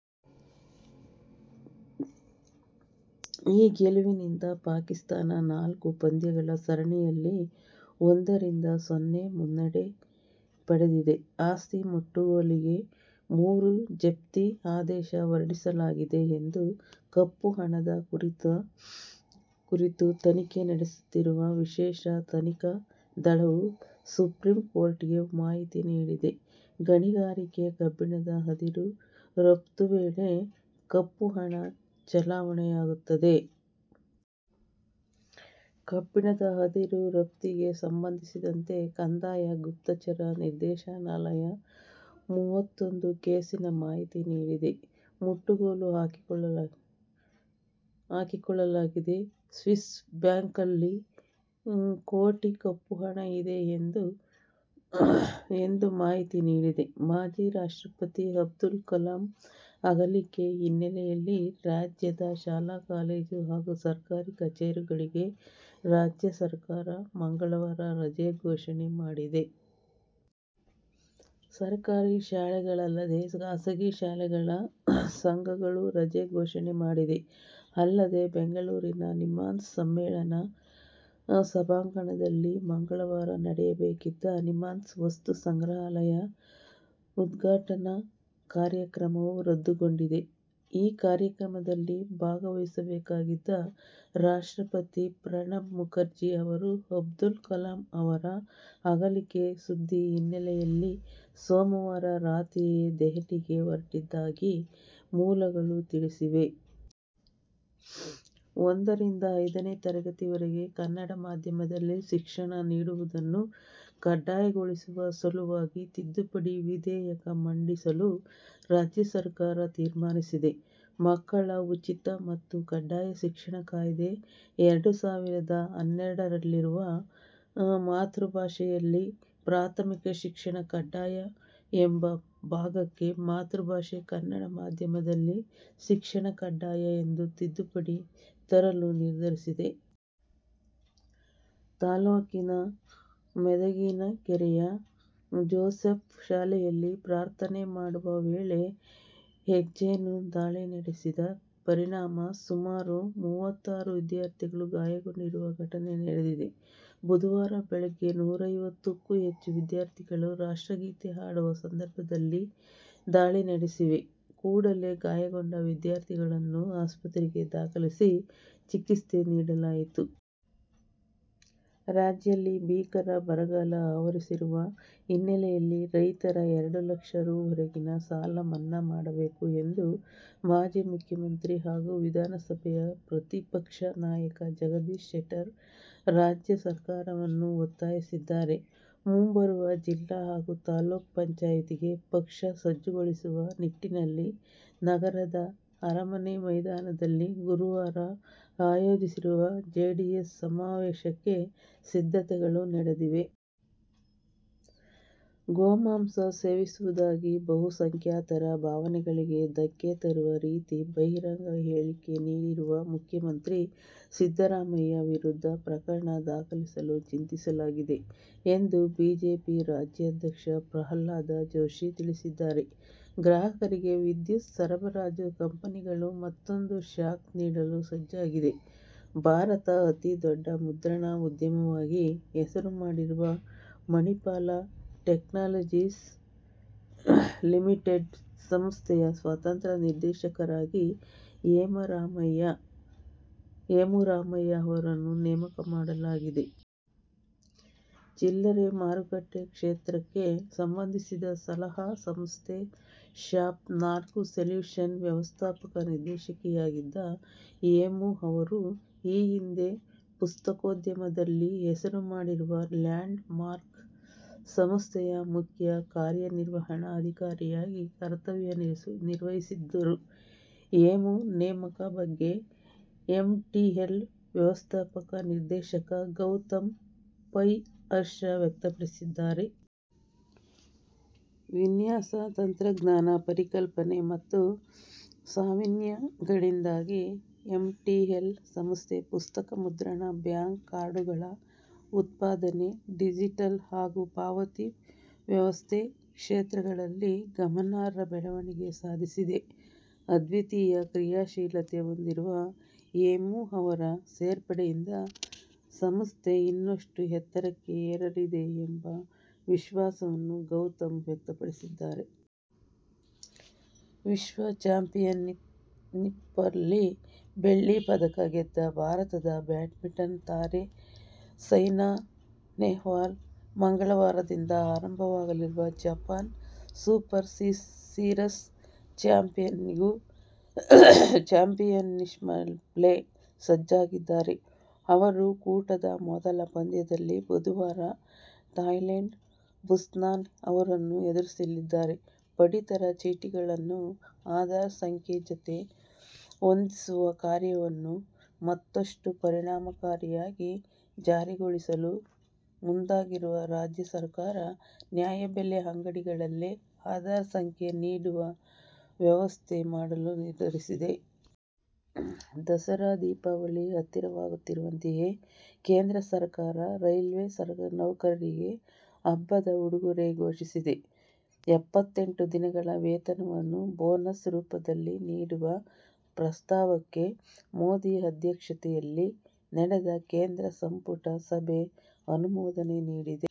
ಈ ಗೆಲುವಿನಿಂದ ಪಾಕಿಸ್ಥಾನ ನಾಲ್ಕು ಪಂದ್ಯಗಳ ಸರಣಿಯಲ್ಲಿ ಒಂದ ರಿಂದ ಸೊನ್ನೆ ಮುನ್ನಡೆ ಪಡೆದಿದೆ. ಆಸ್ತಿ ಮುಟ್ಟುಗೋಲಿಗೆ ಮೂರು ಜಪ್ತಿ ಆದೇಶ ಹೊರಡಿಸಲಾಗಿದೆ ಎಂದು ಕಪ್ಪುಹಣದ ಕುರಿತು ತನಿಖೆ ನಡೆಸುತ್ತಿರುವ ವಿಶೇಷ ತನಿಖಾ ದಳವು, ಸುಪ್ರೀಂಕೋರ್ಟ್ಗೆ ಮಾಹಿತಿ ನೀಡಿದೆ. ಗಣಿಗಾರಿಕೆ, ಕಬ್ಬಿಣದ ಅದಿರು ರಫ್ತು ವೇಳೆ ಕಪ್ಪುಹಣ ಚಲಾವಣೆಯಾಗುತ್ತದೆ. ಕಬ್ಬಿಣದ ಅದಿರು ರಫ್ತಿಗೆ ಸಂಬಂಧಿಸಿದಂತೆ ಕಂದಾಯ ಗುಪ್ತಚರ ನಿರ್ದೇಶನಾಲಯ ಮೂವತ್ತೊಂದು ಕೇಸಿನ ಮಾಹಿತಿ ನೀಡಿದೆ. ಮುಟ್ಟುಗೋಲು ಹಾಕಿಕೊಳ್ಳಲಾಗಿದೆ. ಸ್ವಿಸ್ ಬ್ಯಾಂಕಲ್ಲಿ ಕೋಟಿ ಕಪ್ಪು ಹಣ ಇದೆ ಎಂದು ಎಂದು ಮಾಹಿತಿ ನೀಡಿದೆ. ಮಾಜಿ ರಾಷ್ಟ್ರಪತಿ ಅಬ್ದುಲ್ ಕಲಾಂ ಅಗಲಿಕೆ ಹಿನ್ನೆಲೆಯಲ್ಲಿ ರಾಜ್ಯದ ಶಾಲಾ-ಕಾಲೇಜು ಹಾಗೂ ಸರ್ಕಾರಿ ಕಚೇರಿಗಳಿಗೆ ರಾಜ್ಯ ಸರ್ಕಾರ ಮಂಗಳವಾರ ರಜೆ ಘೋಷಣೆ ಮಾಡಿದೆ. ಸರ್ಕಾರಿ ಶಾಲೆಗಳಲ್ಲದೇ ಖಾಸಗಿ ಶಾಲೆಗಳ ಸಂಘಗಳೂ ರಜೆ ಘೋಷಣೆ ಮಾಡಿವೆ. ಅಲ್ಲದೇ ಬೆಂಗಳೂರಿನ ನಿಮ್ಹಾನ್ಸ್ ಸಮ್ಮೇಳನ ಸಭಾಂಗಣದಲ್ಲಿ ಮಂಗಳವಾರ ನಡೆಯಬೇಕಿದ್ದ ನಿಮ್ಹಾನ್ಸ್ ವಸ್ತು ಸಂಗ್ರಹಾಲಯ ಉದ್ಘಾಟನಾ ಕಾರ್ಯಕ್ರಮವು ರದ್ದುಗೊಂಡಿದೆ. ಈ ಕಾರ್ಯಕ್ರಮದಲ್ಲಿ ಭಾಗವಹಿಸಬೇಕಾಗಿದ್ದ ರಾಷ್ಟ್ರಪತಿ ಪ್ರಣಬ್ ಮುಖರ್ಜಿ ಅವರು ಅಬ್ದುಲ್ ಕಲಾಂ ಅವರ ಅಗಲಿಕೆ ಸುದ್ದಿ ಹಿನ್ನೆಲೆಯಲ್ಲಿ ಸೋಮವಾರ ರಾತ್ರಿಯೇ ದೆಹಲಿಗೆ ಹೊರಟಿದ್ದಾಗಿ ಮೂಲಗಳು ತಿಳಿಸಿವೆ. ಒಂದ ರಿಂದ ಐದನೇ ತರಗತಿವರೆಗೆ ಕನ್ನಡ ಮಾಧ್ಯಮದಲ್ಲಿ ಶಿಕ್ಷಣ ನೀಡುವುದನ್ನು ಕಡ್ಡಾಯಗೊಳಿಸುವ ಸಲುವಾಗಿ ತಿದ್ದುಪಡಿ ವಿಧೇಯಕ ಮಂಡಿಸಲು ರಾಜ್ಯ ಸರ್ಕಾರ ತೀರ್ಮಾನಿಸಿದೆ. ಮಕ್ಕಳ ಉಚಿತ ಮತ್ತು ಕಡ್ಡಾಯ ಶಿಕ್ಷಣ ಕಾಯ್ದೆ- ಎರಡು ಸಾವಿರದ ಹನ್ನೆರಡರಲ್ಲಿರುವ ಮಾತೃಭಾಷೆಯಲ್ಲಿ ಪ್ರಾಥಮಿಕ ಶಿಕ್ಷಣ ಕಡ್ಡಾಯ ಎಂಬ ಭಾಗಕ್ಕೆ ಮಾತೃಭಾಷೆ ಕನ್ನಡ ಮಾಧ್ಯಮದಲ್ಲಿ ಶಿಕ್ಷಣ ಕಡ್ಡಾಯ ಎಂದು ತಿದ್ದುಪಡಿ ತರಲು ನಿರ್ಧರಿಸಿದೆ. ತಾಲೂಕಿನ ಮೆದಗಿನಕೆರೆಯ ಜೋಸೆಫ್ ಶಾಲೆಯಲ್ಲಿ ಪ್ರಾರ್ಥನೆ ಮಾಡುವ ವೇಳೆ ಹೆಜ್ಜೆನು ದಾಳಿ ನಡೆಸಿದ ಪರಿಣಾಮ ಸುಮಾರು ಮೂವತ್ತಾರು ವಿದ್ಯಾರ್ಥಿಗಳು ಗಾಯಗೊಂಡಿರುವ ಘಟನೆ ನಡೆದಿದೆ. ಬುಧವಾರ ಬೆಳಗ್ಗೆ ನೂರೈವತ್ತುಕ್ಕೂ ಹೆಚ್ಚು ವಿದ್ಯಾರ್ಥಿಗಳು ರಾಷ್ಟ್ರಗೀತೆ ಹಾಡುವ ಸಂದರ್ಭದಲ್ಲಿ ದಾಳಿ ನಡೆಸಿವೆ. ಕೂಡಲೇ ಗಾಯಗೊಂಡ ವಿದ್ಯಾರ್ಥಿಗಳನ್ನು ಆಸ್ಪತ್ರೆಗೆ ದಾಖಲಿಸಿ ಚಿಕಿತ್ಸೆ ನೀಡಲಾಯಿತು. ರಾಜ್ಯದಲ್ಲಿ ಭೀಕರ ಬರಗಾಲ ಆವರಿಸಿರುವ ಹಿನ್ನೆಲೆಯಲ್ಲಿ ರೈತರ ಎರಡು ಲಕ್ಷ ರೂ. ವರೆಗಿನ ಸಾಲ ಮನ್ನಾ ಮಾಡಬೇಕು ಎಂದು ಮಾಜಿ ಮುಖ್ಯಮಂತ್ರಿ ಹಾಗೂ ವಿಧಾನಸಭೆಯ ಪ್ರತಿಪಕ್ಷ ನಾಯಕ ಜಗದೀಶ್ ಶೆಟ್ಟರ್ ರಾಜ್ಯ ಸರ್ಕಾರವನ್ನು ಒತ್ತಾಯಿಸಿದ್ದಾರೆ. ಮುಂಬರುವ ಜಿಲ್ಲಾ ಹಾಗೂ ತಾಲೂಕು ಪಂಚಾಯತ್ಗೆ ಪಕ್ಷ ಸಜ್ಜುಗೊಳಿಸುವ ನಿಟ್ಟಿನಲ್ಲಿ ನಗರದ ಅರಮನೆ ಮೈದಾನದಲ್ಲಿ ಗುರುವಾರ ಆಯೋಜಿಸಿರುವ ಜೆಡಿಎಸ್ ಸಮಾವೇಶಕ್ಕೆ ಸಿದ್ಧತೆಗಳು ನಡೆದಿವೆ. ಗೋಮಾಂಸ ಸೇವಿಸುವುದಾಗಿ ಬಹುಸಂಖ್ಯಾತರ ಭಾವನೆಗಳಿಗೆ ಧಕ್ಕೆ ತರುವ ರೀತಿ ಬಹಿರಂಗ ಹೇಳಿಕೆ ನೀಡಿರುವ ಮುಖ್ಯಮಂತ್ರಿ ಸಿದ್ಧರಾಮಯ್ಯ ವಿರುದ್ಧ ಪ್ರಕರಣ ದಾಖಲಿಸಲು ಚಿಂತಿಸಲಾಗಿದೆ ಎಂದು ಬಿಜೆಪಿ ರಾಜ್ಯಾಧ್ಯಕ್ಷ ಪ್ರಹ್ಲಾದ ಜೋಶಿ ತಿಳಿಸಿದ್ದಾರೆ. ಗ್ರಾಹಕರಿಗೆ ವಿದ್ಯುತ್ ಸರಬರಾಜು ಕಂಪನಿ ಗಳು ಮತ್ತೊಂದು ಶಾಕ್ ನೀಡಲು ಸಜ್ಜಾಗಿವೆ. ಭಾರತದ ಅತಿ ದೊಡ್ಡ ಮುದ್ರಣ ಉದ್ಯಮವಾಗಿ ಹೆಸರು ಮಾಡಿರುವ ಮಣಿಪಾಲ ಟೆಕ್ನಾಲಜೀಸ್ ಲಿಮಿಟೆಡ್ ಸಂಸ್ಥೆಯ ಸ್ವತಂತ್ರ ನಿರ್ದೇಶಕರಾಗಿ ಹೇಮು ರಾಮಯ್ಯ ಅವರನ್ನು ನೇಮಕ ಮಾಡಲಾಗಿದೆ. ಚಿಲ್ಲರೆ ಮಾರುಕಟ್ಟೆ ಕ್ಷೇತ್ರಕ್ಕೆ ಸಂಬಂಧಿಸಿದ ಸಲಹಾ ಸಂಸ್ಥೆ ಶಾಪ್ ನಾಲ್ಕು ಸೆಲ್ಯೂಷನ್ ವ್ಯವಸ್ಥಾಪಕ ನಿರ್ದೇಶಕಿಯಾಗಿದ್ದ ಹೇಮು ಅವರು, ಈ ಹಿಂದೆ ಪುಸ್ತಕೋದ್ಯಮದಲ್ಲಿ ಹೆಸರು ಮಾಡಿರುವ ಲ್ಯಾಂಡ್ ಮಾರ್ಕ್ ಸಂಸ್ಥೆಯ ಮುಖ್ಯ ಕಾರ್ಯನಿರ್ವಹಣಾ ಅಧಿಕಾರಿಯಾಗಿ ಕರ್ತವ್ಯ ನಿರ್ವಹಿಸಿದ್ದರು. ಹೇಮು ನೇಮಕ ಬಗ್ಗೆ ಎಂಟಿಎಲ್ ವ್ಯವಸ್ಥಾಪಕ ನಿರ್ದೇಶಕ ಗೌತಮ್ ಪೈ ಹರ್ಷ ವ್ಯಕ್ತಪಡಿಸಿದ್ದಾರೆ. ವಿನ್ಯಾಸ, ತಂತ್ರಜ್ಞಾನ, ಪರಿಕಲ್ಪನೆ ಮತ್ತು ನಾವೀನ್ಯಗಳಿಂದಾಗಿ ಎಂಟಿಎಲ್ ಸಂಸ್ಥೆ ಪುಸ್ತಕ ಮುದ್ರಣ, ಬ್ಯಾಂಕ್ ಕಾರ್ಡುಗಳ ಉತ್ಪಾದನೆ, ಡಿಜಿಟಲ್ ಹಾಗೂ ಪಾವತಿ ವ್ಯವಸ್ಥೆ ಕ್ಷೇತ್ರಗಳಲ್ಲಿ ಗಮನಾರ್ಹ ಬೆಳವಣಿಗೆ ಸಾಧಿಸಿದೆ. ಅದ್ವಿತೀಯ ಕ್ರಿಯಾಶೀಲತೆ ಹೊಂದಿರುವ ಹೇಮು ಅವರ ಸೇರ್ಪಡೆಯಿಂದ ಸಂಸ್ಥೆ ಇನ್ನಷ್ಟು ಎತ್ತರಕ್ಕೆ ಏರಲಿದೆ' ಎಂಬ ವಿಶ್ವಾಸವನ್ನು ಗೌತಮ್ ವ್ಯಕ್ತಪಡಿಸಿದ್ದಾರೆ. ವಿಶ್ವ ಚಾಂಪಿಯನ್ಶಿಪ್ನಲ್ಲಿ ಬೆಳ್ಳಿ ಪದಕ ಗೆದ್ದ ಭಾರತದ ಬ್ಯಾಡ್ಮಿಂಟನ್ ತಾರೆ ಸೈನಾ ನೆಹ್ವಾಲ್ ಮಂಗಳವಾರದಿಂದ ಆರಂಭವಾಗಲಿರುವ ಜಪಾನ್ ಸೂಪರ್ ಸೀರೀಸ್ ಚಾಂಪಿಯನ್ಶಿಪ್ಗೆ ಸಜ್ಜಾಗಿದ್ದಾರೆ. ಅವರು ಕೂಟದ ಮೊದಲ ಪಂದ್ಯದಲ್ಲಿ ಬುಧವಾರ ಥಾಯ್ಲೆಂಡ್ನ ಬುಸ್ನಾನ್ ಅವರನ್ನು ಎದುರಿಸಲಿದ್ದಾರೆ. ಪಡಿತರ ಚೀಟಿಗಳನ್ನು ಆಧಾರ್ ಸಂಖ್ಯೆ ಜತೆ ಹೊಂದಿಸುವ ಕಾರ್ಯವನ್ನು ಮತ್ತಷ್ಟು ಪರಿಣಾಮಕಾರಿಯಾಗಿ ಜಾರಿಗೊಳಿಸಲು ಮುಂದಾಗಿರುವ ರಾಜ್ಯ ಸರಕಾರ, ನ್ಯಾಯಬೆಲೆ ಅಂಗಡಿಗಳಲ್ಲೇ ಆಧಾರ್ ಸಂಖ್ಯೆ ನೀಡುವ ವ್ಯವಸ್ಥೆ ಮಾಡಲು ನಿರ್ಧರಿಸಿದೆ. ದಸರಾ, ದೀಪಾವಳಿ ಹತ್ತಿರವಾಗುತ್ತಿರುವಂತೆಯೇ ಕೇಂದ್ರ ಸರಕಾರ ರೈಲ್ವೇ ನೌಕರರಿಗೆ ಹಬ್ಬದ ಉಡುಗೊರೆ ಘೋಷಿಸಿದೆ. ಎಪ್ಪತೆಂಟು ದಿನಗಳ ವೇತನವನ್ನು ಬೋನಸ್ ರೂಪದಲ್ಲಿ ನೀಡುವ ಪ್ರಸ್ತಾವಕ್ಕೆ ಮೋದಿ ಅಧ್ಯಕ್ಷತೆಯಲ್ಲಿ ನಡೆದ ಕೇಂದ್ರ ಸಂಪುಟ ಸಭೆ ಅನುಮೋದನೆ ನೀಡಿದೆ.